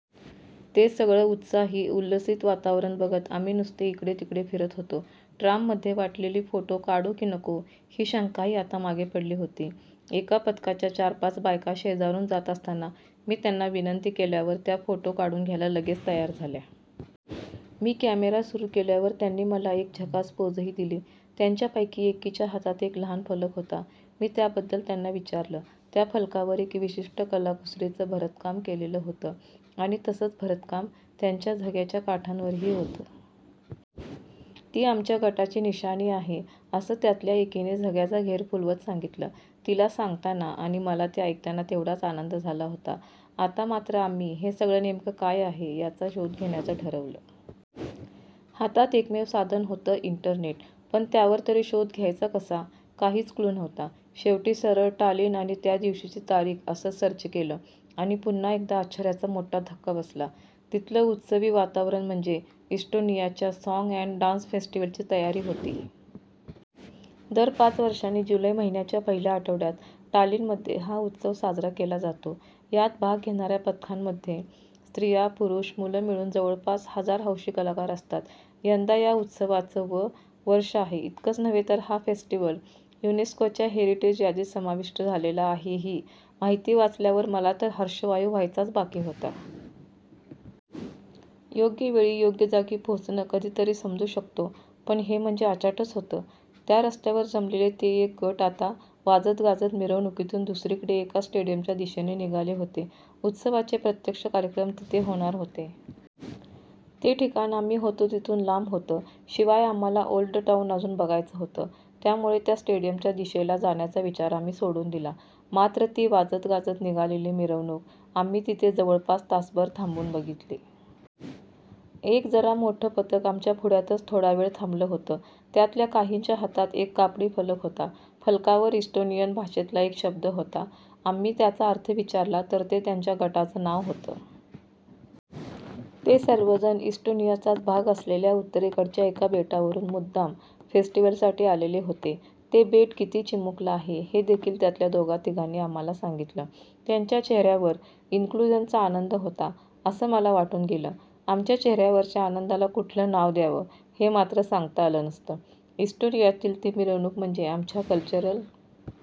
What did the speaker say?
ते सगळं उत्साही, उल्हसित वातावरण बघत आम्ही नुसते इकडे तिकडे फिरत होतो. ट्राममध्ये वाटलेली फोटो काढू की नको ही शंकाही आता मागे पडली होती. एका पथकाच्या चार-पाच बायका शेजारून जात असताना मी त्यांना विनंती केल्यावर त्या फोटो काढून घ्यायला लगेच तयार झाल्या. मी कॅमेरा सुरू केल्यावर त्यांनी मला एक झकास पोझही दिली. त्यांच्यापैकी एकीच्या हातात एक लहान फलक होता. मी त्याबद्दल त्यांना विचारलं. त्या फलकावर एक विशिष्ट कलाकुसरीचं भरतकाम केलेलं होतं, आणि तसंच भरतकाम त्यांच्या झग्याच्या काठांवरही होतं. 'ती आमच्या गटाची निशाणी आहे' असं त्यातल्या एकीने झग्याचा घेर फुलवत सांगितलं. तिला सांगताना आणि मला ते ऐकताना तेवढाच आनंद झाला होता. आता मात्र आम्ही हे सगळं नेमकं काय आहे, याचा शोध घेण्याचं ठरवलं. हातात एकमेव साधन होतं- इंटरनेट. पण त्यावर तरी शोध घ्यायचा कसा? काहीच क्लू नव्हता. शेवटी सरळ 'टालिन' आणि त्यादिवशीची तारीख असंच सर्च केलं, आणि पुन्हा एकदा आश्चर्याचा मोठा धक्का बसला- तिथलं उत्सवी वातावरण म्हणजे इस्टोनियाच्या 'साँग अँड डान्स फेस्टिव्हल'ची तयारी होती. दर पाच वर्षांनी जुलै महिन्याच्या पहिल्या आठवड्यात टालिनमध्ये हा उत्सव साजरा केला जातो. यात भाग घेणार्या पथकांमध्ये स्त्रिया-पुरूष-मुलं मिळून जवळपास हजार हौशी कलाकार असतात. यंदा या उत्सवाचं वं वर्ष आहे. इतकंच नव्हे तर हा फेस्टिवल युनेस्कोच्या हेरिटेज यादीत समाविष्ट झालेला आहेही माहिती वाचल्यावर मला तर हर्षवायू व्हायचाच बाकी होता. योग्यवेळी योग्य जागी पोहोचणं कधीतरी समजू शकतो; पण हे म्हणजे अचाटच होतं! त्या रस्त्यावर जमलेले ते एक एक गट आता वाजतगाजत मिरवणुकीतून दुसरीकडे एका स्टेडियमच्या दिशेने निघाले होते. उत्सवाचे प्रत्यक्ष कार्यक्रम तिथे होणार होते. ते ठिकाण आम्ही होतो तिथून लांब होतं. शिवाय आम्हाला ओल्ड टाऊन अजून बघायचं होतं. त्यामुळे त्या स्टेडियमच्या दिशेला जाण्याचा विचार आम्ही सोडून दिला; मात्र ती वाजतगाजत निघालेली मिरवणूक आम्ही तिथे जवळपास तासभर थांबून बघितली. एक जरा मोठं पथक आमच्या पुढ्यातच थोडा वेळ थांबलं होतं. त्यातल्या काहींच्या हातात एक कापडी फलक होता. फलकावर इस्टोनियन भाषेतला एक शब्द होता. आम्ही त्याचा अर्थ विचारला तर ते त्यांच्या गटाचं नाव होतं. ते सर्वजण इस्टोनियाचाच भाग असलेल्या उत्तरेकडच्या एका बेटावरून मुद्दाम फेस्टिवलसाठी आलेले होते. ते बेट किती चिमुकलं आहे हेदेखील त्यातल्या दोघातिघांनी आम्हाला सांगितलं. त्यांच्या चेहर्यावर 'इन्क्लुजन'चा आनंद होता असं मला वाटून गेलंआमच्या चेहर्यावरच्या आनंदाला कुठलं नाव द्यावं, हे मात्र सांगता आलं नसतं. इस्टोनियातली ती मिरवणूक म्हणजे आमच्या 'कल्चरल